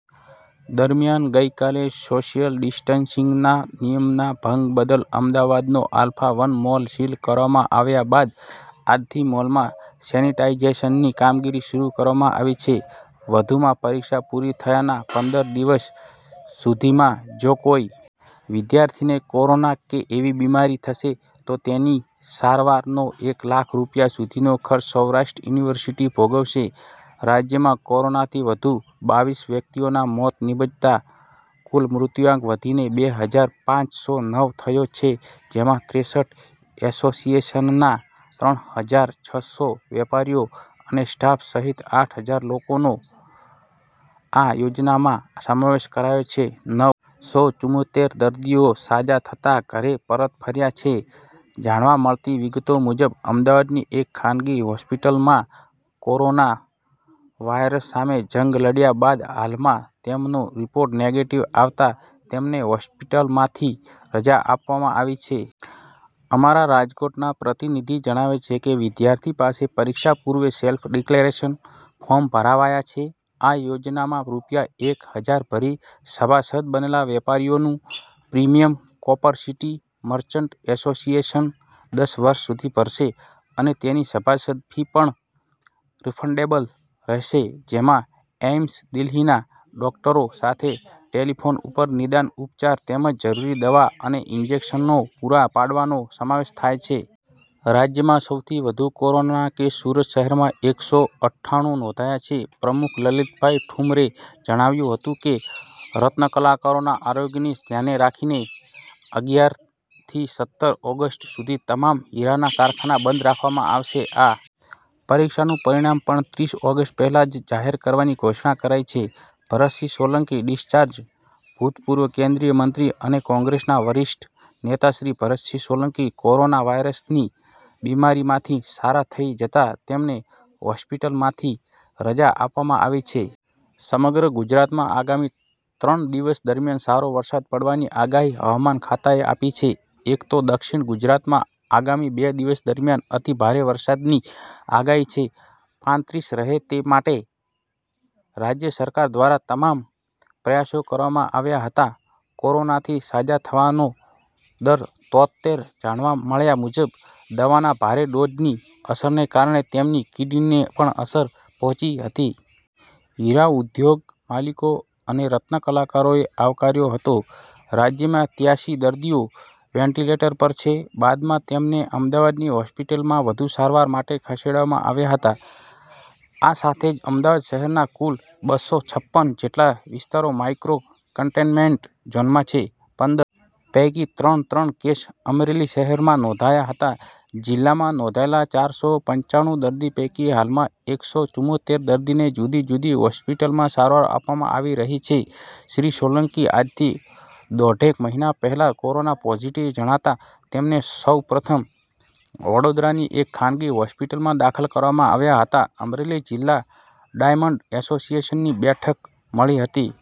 દરમિયાન ગઇકાલે social ડિસ્ટનસિંગના નિયમના ભંગ બદલ અમદાવાદનો આલ્ફા વન મોલ સીલ કરવામાં આવ્યા બાદ આજથી મોલમાં સેનીટાઈજેશનની કામગીરી શરૂ કરવામાં આવી છે. વધુમાં પરીક્ષા પૂરી થયાના પંદર દિવસ સુધીમાં જો કોઈ વિદ્યાર્થીને કોરોના કે એવી બીમારી થશે તો તેની સારવાર નો એક લાખ રૂપિયા સુધીનો ખર્ચ સૌરાષ્ટ્ર યુનિવર્સિટી ભોગવશે રાજ્યમાં કોરોનાથી વધુ બાવીસ વ્યક્તિઓના મોત નિપજતા કુલ મૃત્યુઆંક વધીને બે હજાર પાંચ સો નવ થયો છે જેમાં ત્રેસઠ એસોસીએશનના ત્રણ હજાર છ સો વેપારીઓ અને સ્ટાફ સહિત આઠ હજાર લોકોનો આ યોજનામાં સમાવેશ કરાયો છે .નવ સો ચુમોતેર દર્દીઓ સાજા થતાં ઘરે પરત ફર્યા છે. જાણવા મળતી વિગતો મુજબ અમદાવાદની એક ખાનગી હોસ્પિટલમાં કોરોના વાયરસ સામે જંગ લડ્યા બાદ હાલમાં તેમનો રિપોર્ટ નેગેટિવ આવતા તેમને હોસ્પિટલમાંથી રજા આપવામાં આવી છે. અમારા રાજકોટના પ્રતિનિધિ જણાવે છે કે વિદ્યાર્થી પાસે પરીક્ષા પૂર્વે સેલ્ફ ડિક્લેરેશન ફોર્મ ભરાવાયા છે .આ યોજનામાં રૂપિયા એક હજાર ભરી સભાસદ બનેલા વેપારીઓનું પ્રિમીયમ કોપરસીટી મર્ચન્ટ એસોસીએશન દસ વર્ષ સુધી ભરશે અને તેની સભાસદ ફી પણ રીફંડેબલ રહેશે જેમાં એઇમ્સ દિલ્હીના ડોક્ટરો સાથે ટેલિફોન ઉપર નિદાન ઉપચાર તેમજ જરૂરી દવા અને ઇજેક્શનો પુરા પાડવાનો સમાવેશ થાય છે. રાજ્યમાં સૌથી વધુ કોરોનાના કેસ સુરત શહેરમાં એક સો અઠ્ઠાણું નોંધાયા છે .પ્રમુખ લલીતભાઈ ઠુંમરે જણાવ્યું હતું કે રત્નકલાકારોના આરોગ્યની ધ્યાને રાખીને અગિયાર થી સત્તર ઓગસ્ટ સુધી તમામ હિરાના કારખાના બંધ રાખવામાં આવશે .આ પરીક્ષાનું પરિણામ પણ ત્રીસ ઓગસ્ટ પહેલાં જ જાહેર કરવાની ઘોષણા કરાઇ છે .ભરતસિંહ સોલંકી ડિસ્ચાર્જ .ભૂતપૂર્વ કેન્દ્રીય મંત્રી અને કોંગ્રેસના વરિષ્ઠ નેતા શ્રી ભરતસિંહ સોલંકી કોરોના વાયરસની બીમારીમાંથી સારા થઇ જતા તેમને હોસ્પિટલમાંથી રજા આપવામાં આવી છે. સમગ્ર ગુજરાતમાં આગામી ત્રણ દિવસ દરમ્યાન સારો વરસાદ પડવાની આગાહી હવામાન ખાતાએ આપી છે. એક તો દક્ષિણ ગુજરાતમાં આગામી બે દિવસ દરમ્યાન અતિ ભારે વરસાદની આગાહી છે પાંત્રીસ રહે તે માટે રાજ્ય સરકાર દ્વારા તમામ પ્રયાસો કરવામાં આવ્યા હતા કોરોનાથી સાજા થવાનો દર તોતેર જાણવા મળ્યા મુજબ દવાના ભારે ડોઝની અસરને કારણે તેમની કિડનીને પણ અસર પહોંચી હતી. હિરા ઉદ્યોગ માલિકો અને રત્નકલાકારોએ આવકાર્યો હતો રાજ્યમાં ત્યાસી દર્દીઓ વેન્ટીલેટર પર છે બાદમાં તેમને અમદાવાદની હોસ્પિટલમાં વધુ સારવાર માટે ખસેડવામાં આવ્યા હતા. આ સાથે જ અમદાવાદ શહેરના કુલ બસ્સો છપ્પન જેટલા વિસ્તારો માઇક્રો કન્ટેનમેન્ટ ઝોનમાં છે .પંદર પૈકી ત્રણ ત્રણ કેસ અમરેલી શહેરમાં નોંધાયા હતા જિલ્લામાં નોંધાયેલા ચાર સો પંચાણું દર્દી પૈકી હાલમાં એક સો ચુમોતેર દર્દીને જુદી જુદી હોસ્પિટલમાં સારવાર આપવામાં આવી રહી છે. શ્રી સોલંકી આજથી દોઢેક મહિના પહેલા કોરોના પોઝિટિવ જણાતાં તેમને સૌ પ્રથમ વડોદરાની એક ખાનગી હોસ્પિટલમાં દાખલ કરવામાં આવ્યા હતા અમરેલી જિલ્લા ડાયમન્ડ એસોસિએશનની બેઠક મળી હતી.